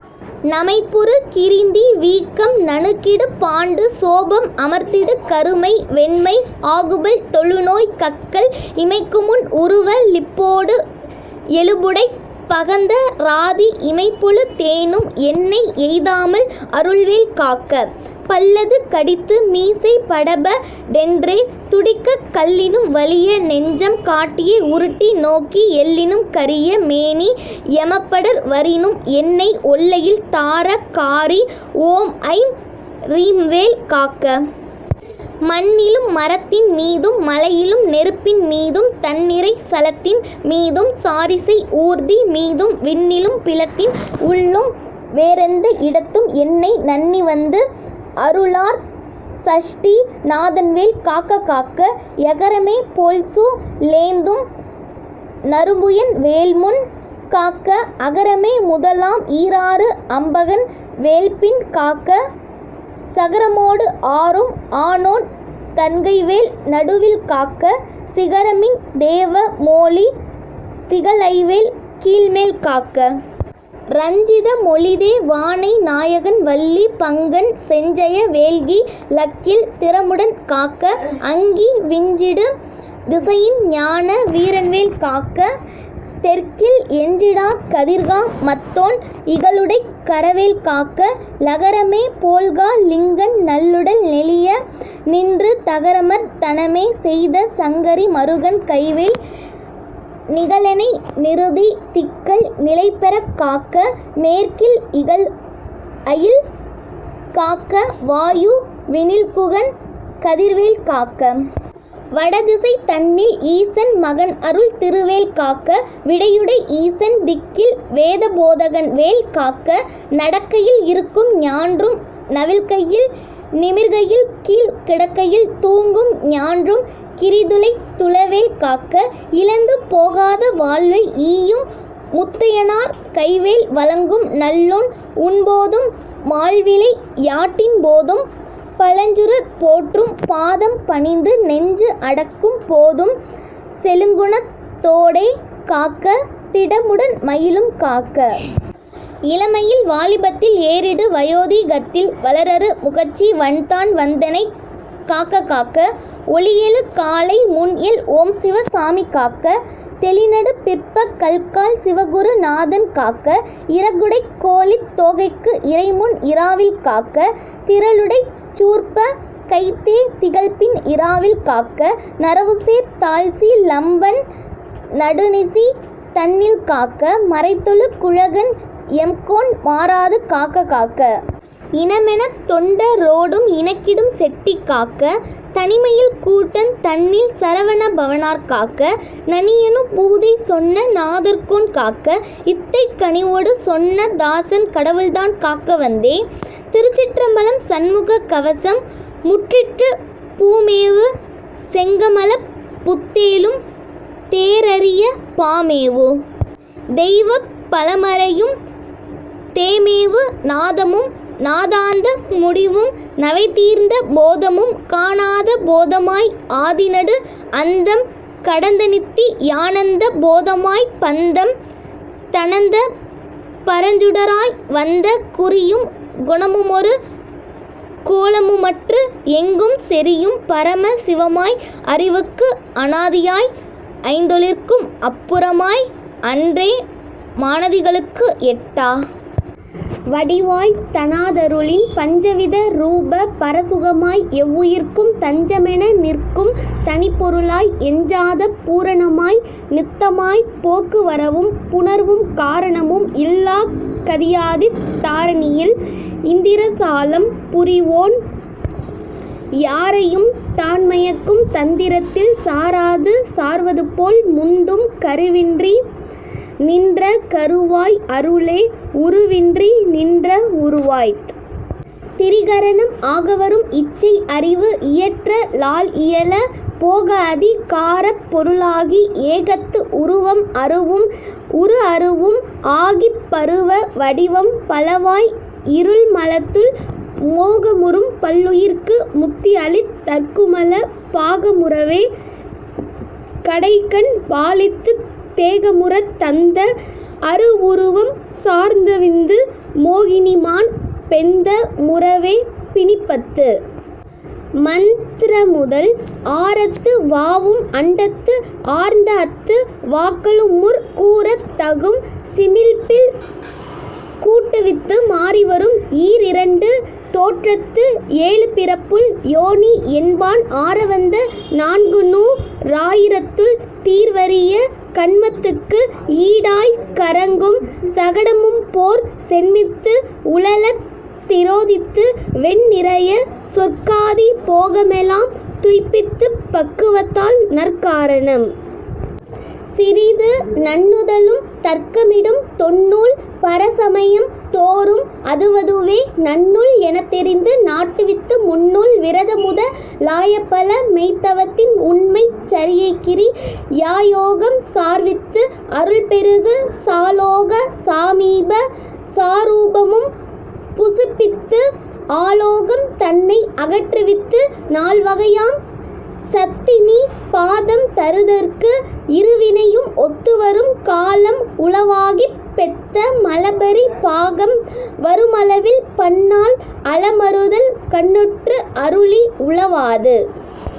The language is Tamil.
நமைப்புறு கிரிந்தி வீக்கம் நணுகிடு பாண்டு சோபம் அமர்த்திடு கருமை வெண்மை ஆகுபல் தொழுநோய் கக்கல் இமைக்குமுன் உறுவ லிப்போடு எழுபுடைப் பகந்த ராதி இமைப்பொழு தேனும் என்னை எய்தாமல் அருள்வேல் காக்க. பல்லது கடித்து மீசை படப டென்றே துடிக்கக் கல்லினும் வலிய நெஞ்சம் காட்டியே உருட்டி நோக்கி எல்லினும் கரிய மேனி எமபடர் வரினும் என்னை ஒல்லையில் தார காரி ஓம்ஐம் ரீம்வேல் காக்க! மண்ணிலும் மரத்தின் மீதும் மலையிலும் நெருப்பின் மீதும் தண்நிறை சலத்தின் மீதும் சாரிசெய் ஊர்தி மீதும் விண்ணிலும் பிலத்தின் உள்ளும் வேறெந்த இடத்தும் என்னை நண்ணிவந்து அருளார் சஷ்டி நாதன்வேல் காக்க காக்க. யகரமே போல்சூ லேந்தும் நறும்புயன் வேல்முன் காக்க, அகரமே முதலாம் ஈராறு அம்பகன் வேல்பின் காக்க, சகரமோடு ஆறும் ஆனோன் தன்கைவேல் நடுவில் காக்க, சிகரமின் தேவ மோலி திகழ்ஐவேல் கீழ்மேல் காக்க. ரஞ்சித மொழிதே வானை நாயகன் வள்ளி பங்கன் செஞ்சய வேல்கி ழக்கில் திறமுடன் காக்க, அங்கி விஞ்சிடு திசையின் ஞான வீரன்வேல் காக்க; தெற்கில் எஞ்சிடாக் கதிர்கா மத்தோன் இகலுடைக் கரவேல் காக்க. லகரமே போல்கா ளிங்கன் நல்லுடல் நெளிய நின்று தகரமர்த் தனமே செய்த சங்கரி மருகன் கைவேல் நிகழெனை நிருதி திக்கல் நிலைபெறக் காக்க; மேற்கில் இகல்அயில் காக்க, வாயு வினில்குகன் கதிர்வேல் காக்க. வடதிசை தன்னில் ஈசன் மகன்அருள் திருவேல் காக்க; விடையுடை யீசன் திக்கில் வேதபோதகன்வேல் காக்க; நடக்கையில் இருக்கும் ஞான்றும் நவில்கையில் நிமிர்கையில் கீழ்க் கிடக்கையில் தூங்கும் ஞான்றும் கிரிதுளைத் துளவேல் காக்க. இழந்து போகாத வாழ்வை ஈயும் முத்தையனார் கைவேல் வழங்கும் நல்லூண் உண்போதும் மால்விளை யாட்டின் போதும் பழஞ்சுரர் போற்றும் பாதம் பணிந்து நெஞ்சு அடக்கும் போதும் செழுங்குணத் தோடே காக்க; திடமுடன் மயிலும் காக்க. இளமையில் வாலிபத்தில் ஏறிடு வயோதி கத்தில் வளர்அறு முகச்சி வன்தான் வந்தெனைக் காக்க காக்க. ஒளியெழு காலை முன்எல் ஓம்சிவ சாமி காக்க. தெளிநடு பிற்ப கல்கால் சிவகுரு நாதன் காக்க. இறகுடைக் கோழித் தோகைக்கு இறைமுன் இராவில் காக்க; திறலுடைச் சூர்ப்ப கைத்தே திகழ்பின் இராவில் காக்க; நறவுசேர் தாள்சி லம்பன் நடுநிசி தன்னில் காக்க; மறைதொழு குழகன் எம்கோன் மாறாது காக்க காக்க. இனமெனத் தொண்ட ரோடும் இணக்கிடும் செட்டி காக்க; தனிமையில் கூட்டந் தன்னில் சரவண பவனார் காக்க; நனியனு பூதி சொன்ன நாதர்கோன் காக்க; இத்தைக் கனிவொடு சொன்ன தாசன் கடவுள்தான் காக்க வந்தே. திருச்சிற்றம்பலம் சண்முக கவசம் முற்றிற்று பூமேவு செங்கமலப் புத்தேளும் தேறரிய பாமேவு தெய்வப் பழமறையும் தேமேவு நாதமும் நாதாந்த முடிவும் நவைதீர்ந்த போதமும் காணாத போதமாய் ஆதிநடு அந்தம் கடந்தநித்தி யானந்த போதமாய்ப் பந்தம் தணந்த பரஞ்சுடராய் வந்த குறியும் குணமுமொரு கோலமுமற்று எங்கும் செறியும் பரம சிவமாய் அறிவுக்கு அனாதியாய் ஐந்தொழிற்கும் அப்புறமாய் அன்றே மானதிகளுக்கு எட்டா வடிவாய்த் தனாதருளின் பஞ்சவித ரூப பரசுகமாய் எவ்வுயிர்க்கும் தஞ்சமென நிற்கும் தனிப்பொருளாய் எஞ்சாத பூரணமாய் நித்தமாய்ப் போக்குவரவும் புணர்வும் காரணமும் இல்லாக் கதியாதித் தாரணியில் இந்திரசாலம் புரிவோன் யாரையும் தான்மயக்கும் தந்திரத்தில் சாராது சார்வதுபோல் முந்தும் கருவின்றி நின்ற கருவாய் அருளே உருவின்றி நின்ற உருவாய்த் திரிகரணம் ஆகவரும் இச்சை அறிவு இயற்ற லால்இயல போகஅதி காரப் பொருளாகி ஏகத்து உருவம் அருவும் உருஅருவும் ஆகிப் பருவ வடிவம் பலவாய் இருள்மலத்துள் மோகமுறும் பல்லுயிர்க்கு முத்திஅளித் தற்குமல பாகமுறவே கடைக்கண் பாலித்துத் தேகமுறத் தந்த அருவுருவம் சார்ந்தவிந்து மோகினிமான் பெந்த முறவே பிணிப்பத்து மந்த்ரமுதல் ஆறத்து வாவும் அண்டத்து ஆர்ந்தஅத்து வாக்களும்முற் கூறத் தகும் சிமிழ்ப்பில் கூட்டுவித்து மாறிவரும் ஈரிரண்டு தோற்றத்து ஏழுபிறப்புள் யோனி என்பான் ஆரவந்த நான்குநூ றாயிரத்துள் தீர்வரிய கண்மத்துக்கு ஈடாய்க் கறங்கும் சகடமும்போற் சென்மித்து உழலத் திரோதித்து வெந்நிரய சொர்க்காதி போகமெலாம் துய்ப்பித்துப் பக்குவத்தால் நற்காரணம் சிறிது நண்ணுதலும் தர்க்கமிடும் தொன்னூல் பரசமயம் தோறும் அதுவதுவே நன்னூல் எனத்தெரிந்து நாட்டுவித்து முன்னூல் விரதமுத லாயபல மெய்த்தவத்தின் உண்மைச் சரியைகிரி யாயோகம் சார்வித்து அருள்பெருகு சாலோக சாமீப சாரூபமும் புசிப்பித்து ஆலோகம் தன்னை அகற்றுவித்து நால்வகையாம் சத்திநி பாதம் தருதற்கு இருவினையும் ஒத்துவரும் காலம் உளவாகிப் பெத்த மலபரி பாகம் வருமளவில் பன்னாள் அலமருதல் கண்ணுற்று அருளி உலவாது।